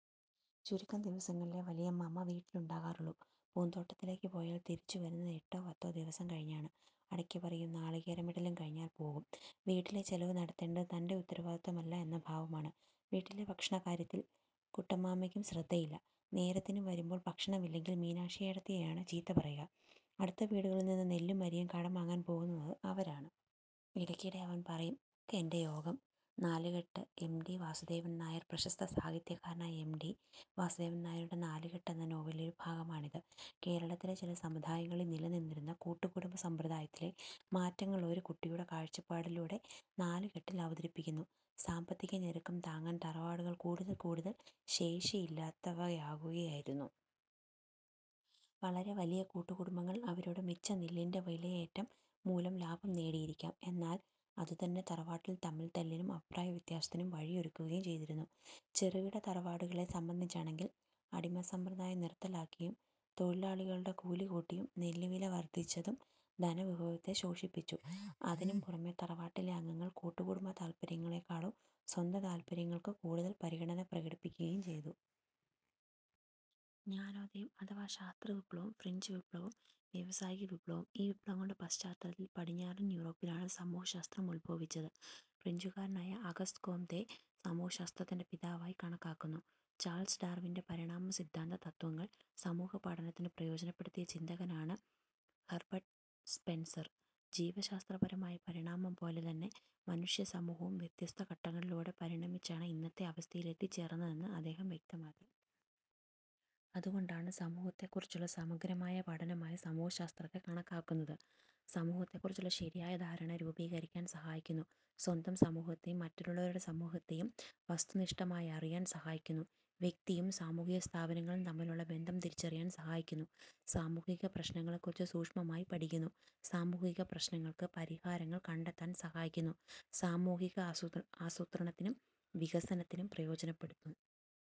ചുരുക്കം ദിവസങ്ങളിലേ വലിയമ്മാമ വീട്ടിലുണ്ടാകാറുള്ളൂ. പൂന്തോട്ടത്തിലേക്ക് പോയാൽ തിരിച്ചുവരുന്നത് എട്ടോ പത്തോ ദിവസം കഴിഞ്ഞാണ്. അടയ്ക്കപറിയും നാളികേരമിടലും കഴിഞ്ഞാൽ പോകും. വീട്ടിലെ ചെലവ് നടത്തേണ്ടതു തന്റെ ഉത്തരവാദിത്വമല്ല എന്ന ഭാവമാണ്. വീട്ടിലെ ഭക്ഷണക്കാര്യത്തിൽ കുട്ടമ്മാമയ്ക്കും ശ്രദ്ധയില്ല. നേരത്തിനു വരുമ്പോൾ ഭക്ഷണമില്ലെങ്കിൽ മീനാക്ഷിയേടത്തിയെയാണ് ചീത്ത പറയുക. അടുത്ത വീടുകളിൽ നിന്നു നെല്ലും അരിയും കടം വാങ്ങാൻ പോകുന്നത് അവരാണ്. ഇടയ്ക്കിടെ അവർ പറയും; ഒക്കെന്റെ യോഗം. നാലുകെട്ട് എം. ടി. വാസുദേവൻനായർ പ്രശസ്ത സാഹിത്യകാരനായ എം. ടി. വാസുദേവൻ നായരുടെ നാലുകെട്ട് എന്ന നോവലിലെ ഒരു ഭാഗമാണിത്. കേരളത്തിലെ ചില സമുദായങ്ങളിൽ നിലനിന്നിരുന്ന കൂട്ടുകുടുംബ സമ്പ്രദായത്തിലെ മാറ്റങ്ങൾ ഒരു കുട്ടിയുടെ കാഴ്ചപ്പാടിലൂടെ നാലുകെട്ടി'ൽ അവതരിപ്പിക്കുന്നു. സാമ്പത്തികഞെരുക്കം താങ്ങാൻ തറവാടുകൾ കൂടുതൽ കൂടുതൽ ശേഷിയില്ലാത്തവയാകുകയായിരുന്നു. വളരെ വലിയ കൂട്ടുകു ടുംബങ്ങൾ അവരുടെ മിച്ച നെല്ലിന്റെ വിലയേറ്റം മൂലം ലാഭം നേടിയിരിക്കാം. എന്നാൽ അതുതന്നെ തറവാട്ടിൽ തമ്മിൽ തല്ലിനും അഭിപ്രായവ്യത്യാസത്തിനും വഴിയൊരുക്കുകയും ചെയ്തിരുന്നു. ചെറുകിട തറവാടുകളെ സംബന്ധിച്ചാണെങ്കിൽ അടിമസമ്പ്രദായം നിർത്തലാക്കിയതും തൊഴിലാളികളുടെ കൂലി കൂട്ടിയതും നെല്ല് വില വർധിച്ചതും ധനവിഭവത്തെ ശോഷിപ്പിച്ചു. അതിനും പുറമെ, തറവാട്ടിലെ അംഗങ്ങൾ കൂട്ടുകുടുംബ താൽപ്പര്യങ്ങളെക്കാളും സ്വന്തം താൽപ്പര്യങ്ങൾക്കു കൂടുതൽ പരിഗണന പ്രകടിപ്പിക്കുകയും ചെയ്തു. ജ്ഞാനോദയം അഥവാ ശാസ്ത്രവിപ്ലവം. ഫ്രഞ്ച് വിപ്ലവം. വ്യാവസായികവിപ്ലവം ഈ വിപ്ലവങ്ങളുടെ പശ്ചാത്തലത്തിൽ പടിഞ്ഞാറൻ യൂറോപ്പിലാണ് സമൂഹശാസ്ത്രം ഉത്ഭവിച്ചത്. ഫ്രഞ്ചുകാരനായ അഗസ്ത് കോംതെ സമൂഹശാസ്ത്രത്തിന്റെ പിതാവായി കണക്കാക്കുന്നു. ചാൾസ് ഡാർവിന്റെ പരിണാമസിദ്ധാന്തതത്ത്വങ്ങൾ സമൂഹപഠനത്തിന് പ്രയോജനപ്പെടുത്തിയ ചിന്തകനാണ് ഹെർബർട്ട് സ്പെൻസർ. ജീവശാസ്ത്രപരമായ പരിണാമം പോലെ തന്നെ മനുഷ്യസമൂഹവും വ്യത്യസ്ത ഘട്ടങ്ങളിലൂടെ പരിണമിച്ചാണ് ഇന്നത്തെ അവസ്ഥയിലെത്തിച്ചേർന്നതെന്ന് അദ്ദേഹം വ്യക്തമാക്കി. അതുകൊണ്ടാണ് സമൂഹത്തെക്കുറിച്ചുള്ള സമഗ്രമായ പഠനമായി സമൂഹശാസ്ത്രത്തെ കണക്കാക്കുന്നത്. സമൂഹത്തെക്കുറിച്ചുള്ള ശരിയായ ധാരണ രൂപീകരിക്കാൻ സഹായിക്കുന്നു. സ്വന്തം സമൂഹത്തെയും മറ്റുള്ളവരുടെ സമൂഹത്തെയും വസ്തുനിഷ്ഠമായറിയാൻ സഹായിക്കുന്നു. വ്യക്തിയും സാമൂഹികസ്ഥാപനങ്ങളും തമ്മിലുള്ള ബന്ധം തിരിച്ചറിയാൻ സഹായിക്കുന്നു. സാമൂഹികപ്രശ്നങ്ങളെക്കുറിച്ച് സൂക്ഷ്മമായി പഠിക്കുന്നു. സാമൂഹികപ്രശ്നങ്ങൾക്ക് പരിഹാരങ്ങൾ കണ്ടെത്താൻ സഹായിക്കുന്നു. സാമൂഹികാസൂത്രണത്തിനും വികസനത്തിനും പ്രയോജനപ്പെടുന്നു.